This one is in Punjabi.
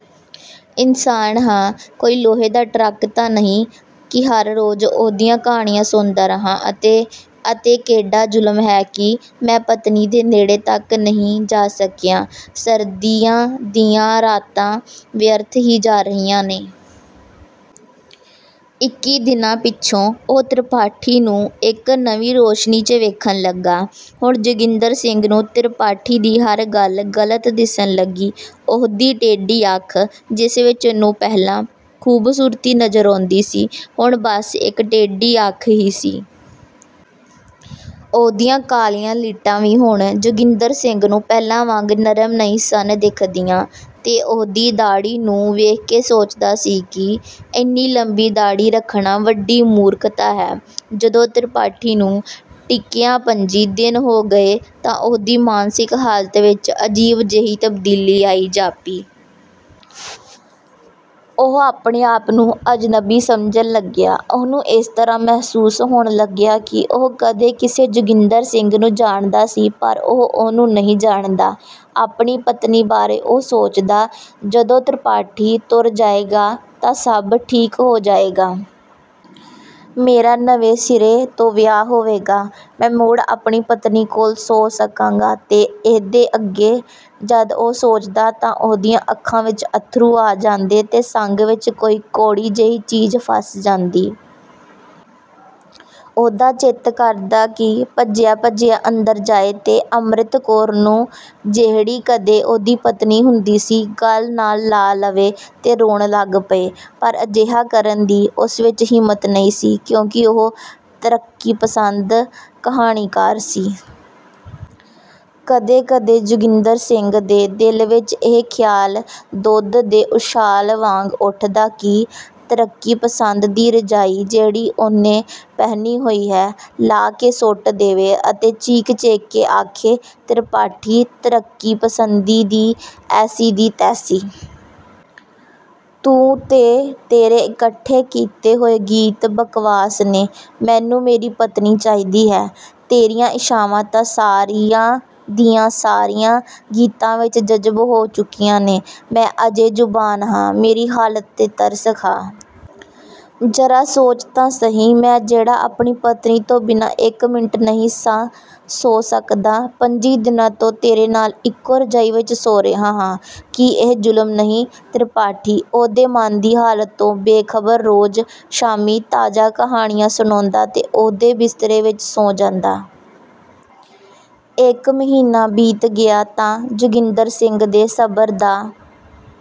ਇਨਸਾਨ ਹਾਂ, ਕੋਈ ਲੋਹੇ ਦਾ ਟਰੱਕ ਤਾਂ ਨਹੀਂ ਕਿ ਹਰ ਰੋਜ਼ ਉਹਦੀਆਂ ਕਹਾਣੀਆਂ ਸੁਣਦਾ ਰਹਾਂ ਅਤੇ ਅਤੇ ਕੇਡਾ ਜ਼ੁਲਮ ਹੈ ਕਿ ਮੈਂ ਪਤਨੀ ਦੇ ਨੇੜੇ ਤਕ ਨਹੀਂ ਜਾ ਸਕਿਆ। ਸਰਦੀਆਂ ਦੀਆਂ ਰਾਤਾਂ ਵਿਅਰਥ ਹੀ ਜਾ ਰਹੀਆਂ ਨੇ। ਇੱਕੀ ਦਿਨਾਂ ਪਿੱਛੋਂ ਉਹ ਤ੍ਰਿਪਾਠੀ ਨੂੰ ਇਕ ਨਵੀਂ ਰੌਸ਼ਨੀ ’ਚ ਵੇਖਣ ਲੱਗਾ। ਹੁਣ ਜੋਗਿੰਦਰ ਸਿੰਘ ਨੂੰ ਤ੍ਰਿਪਾਠੀ ਦੀ ਹਰ ਗੱਲ ਗਲਤ ਦਿਸਣ ਲੱਗੀ। ਉਹਦੀ ਟੇਢੀ ਅੱਖ, ਜਿਸ ਵਿੱਚ ਉਹਨੂੰ ਪਹਿਲਾਂ ਖੂਬਸੂਰਤੀ ਨਜ਼ਰ ਆਉਂਦੀ ਸੀ, ਹੁਣ ਬੱਸ ਇੱਕ ਟੇਢੀ ਅੱਖ ਹੀ ਸੀ। ਉਹਦੀਆਂ ਕਾਲੀਆਂ ਲਿਟਾਂ ਵੀ ਹੁਣ ਜੋਗਿੰਦਰ ਸਿੰਘ ਨੂੰ ਪਹਿਲਾਂ ਵਾਂਗ ਨਰਮ ਨਹੀਂ ਸਨ ਦਿਸਦੀਆਂ ਤੇ ਉਹਦੀ ਦਾੜ੍ਹੀ ਨੂੰ ਵੇਖ ਕੇ ਸੋਚਦਾ ਸੀ ਕਿ ਇੰਨੀ ਲੰਬੀ ਦਾੜ੍ਹੀ ਰੱਖਣਾ ਵੱਡੀ ਮੂਰਖਤਾ ਹੈ। ਜਦੋਂ ਤ੍ਰਿਪਾਠੀ ਨੂੰ ਟਿਕਿਆਂ ਪੰਝੀ ਦਿਨ ਹੋ ਗਏ ਤਾਂ ਉਹਦੀ ਮਾਨਸਿਕ ਹਾਲਤ ਵਿੱਚ ਅਜੀਬ ਜਿਹੀ ਤਬਦੀਲੀ ਆਈ ਜਾਪੀ। ਉਹ ਆਪਣੇ ਆਪ ਨੂੰ ਅਜਨਬੀ ਸਮਝਣ ਲੱਗਿਆ। ਉਹਨੂੰ ਇਸ ਤਰ੍ਹਾਂ ਮਹਿਸੂਸ ਹੋਣ ਲੱਗਿਆ ਕਿ ਉਹ ਕਦੇ ਕਿਸੇ ਜੋਗਿੰਦਰ ਸਿੰਘ ਨੂੰ ਜਾਣਦਾ ਸੀ ਪਰ ਉਹ ਉਹਨੂੰ ਨਹੀਂ ਜਾਣਦਾ। ਆਪਣੀ ਪਤਨੀ ਬਾਰੇ ਉਹ ਸੋਚਦਾ, ਜਦੋਂ ਤ੍ਰਿਪਾਠੀ ਤੁਰ ਜਾਏਗਾ ਤਾਂ ਸਭ ਠੀਕ ਹੋ ਜਾਏਗਾ। ਮੇਰਾ ਨਵੇਂ ਸਿਰੇ ਤੋਂ ਵਿਆਹ ਹੋਵੇਗਾ। ਮੈਂ ਮੁੜ ਆਪਣੀ ਪਤਨੀ ਕੋਲ ਸੌਂ ਸਕਾਂਗਾ ਅਤੇ ਇਹਦੇ ਅੱਗੇਂ ਜਦ ਉਹ ਸੋਚਦਾ ਤਾਂ ਉਹਦੀਆਂ ਅੱਖਾਂ ਵਿੱਚ ਅੱਥਰੂ ਆ ਜਾਂਦੇ ਤੇ ਸੰਘ ਵਿੱਚ ਕੋਈ ਕੌੜੀ ਜਿਹੀ ਚੀਜ਼ ਫਸ ਜਾਂਦੀ। ਉਹਦਾ ਚਿੱਤ ਕਰਦਾ ਕਿ ਭੱਜਿਆ-ਭੱਜਿਆ ਅੰਦਰ ਜਾਏ ਤੇ ਅੰਮ੍ਰਿਤ ਕੌਰ ਨੂੰ, ਜਿਹੜੀ ਕਦੇ ਉਹਦੀ ਪਤਨੀ ਹੁੰਦੀ ਸੀ, ਗਲ ਨਾਲ ਲਾ ਲਵੇ ਤੇ ਰੋਣ ਲੱਗ ਪਏ। ਪਰ ਅਜਿਹਾ ਕਰਨ ਦੀ ਉਸ ਵਿੱਚ ਹਿੰਮਤ ਨਹੀਂ ਸੀ ਕਿਉਂਕਿ ਉਹ ਤਰੱਕੀਪਸੰਦ ਕਹਾਣੀਕਾਰ ਸੀ। ਕਦੇ-ਕਦੇ ਜੋਗਿੰਦਰ ਸਿੰਘ ਦੇ ਦਿਲ ਵਿੱਚ ਇਹ ਖ਼ਿਆਲ ਦੁੱਧ ਦੇ ਉਛਾਲ ਵਾਂਗ ਉੱਠਦਾ ਕਿ ਤਰੱਕੀਪਸੰਦ ਦੀ ਰਜ਼ਾਈ ਜਿਹੜੀ ਉਹਨੇ ਪਹਿਨੀ ਹੋਈ ਹੈ, ਲਾਹ ਕੇ ਸੁੱਟ ਦੇਵੇ ਅਤੇ ਚੀਕ-ਚੀਕ ਕੇ ਆਖੇ, ਤ੍ਰਿਪਾਠੀ, ਤਰੱਕੀਪਸੰਦੀ ਦੀ ਐਸੀ ਦੀ ਤੈਸੀ। ਤੂੰ ਤੇ ਤੇਰੇ ਇਕੱਠੇ ਕੀਤੇ ਹੋਏ ਗੀਤ ਬਕਵਾਸ ਨੇ, ਮੈਨੂੰ ਮੇਰੀ ਪਤਨੀ ਚਾਹੀਦੀ ਹੈ। ਤੇਰੀਆਂ ਇੱਛਾਵਾਂ ਤਾਂ ਸਾਰੀਆਂ ਦੀਆਂ ਸਾਰੀਆਂ ਗੀਤਾਂ ਵਿੱਚ ਜਜ਼ਬ ਹੋ ਚੁੱਕੀਆਂ ਨੇ। ਮੈਂ ਅਜੇ ਜੁਆਨ ਹਾਂ, ਮੇਰੀ ਹਾਲਤ ’ਤੇ ਤਰਸ ਖਾ। ਜ਼ਰਾ ਸੋਚ ਤਾਂ ਸਹੀ, ਮੈਂ ਜਿਹੜਾ ਆਪਣੀ ਪਤਨੀ ਤੋਂ ਬਿਨਾਂ ਇੱਕ ਮਿੰਟ ਵੀ ਨਹੀਂ ਸਾਂ ਸੌਂ ਸਕਦਾ, ਪੰਝੀ ਦਿਨਾਂ ਤੋਂ ਤੇਰੇ ਨਾਲ ਇੱਕੋ ਰਜ਼ਾਈ ਵਿੱਚ ਸੌਂ ਰਿਹਾ ਹਾਂ। ਕੀ ਇਹ ਜ਼ੁਲਮ ਨਹੀਂ? ਤ੍ਰਿਪਾਠੀ ਉਹਦੇ ਮਨ ਦੀ ਹਾਲਤ ਤੋਂ ਬੇਖਬਰ ਰੋਜ਼ ਸ਼ਾਮੀਂ ਤਾਜ਼ਾ ਕਹਾਣੀਆਂ ਸੁਣਾਉਂਦਾ ਅਤੇ ਉਹਦੇ ਬਿਸਤਰੇ ਵਿੱਚ ਸੌਂ ਜਾਂਦਾ। ਇੱਕ ਮਹੀਨਾ ਬੀਤ ਗਿਆ ਤਾਂ ਜੋਗਿੰਦਰ ਸਿੰਘ ਦੇ ਸਬਰ ਦਾ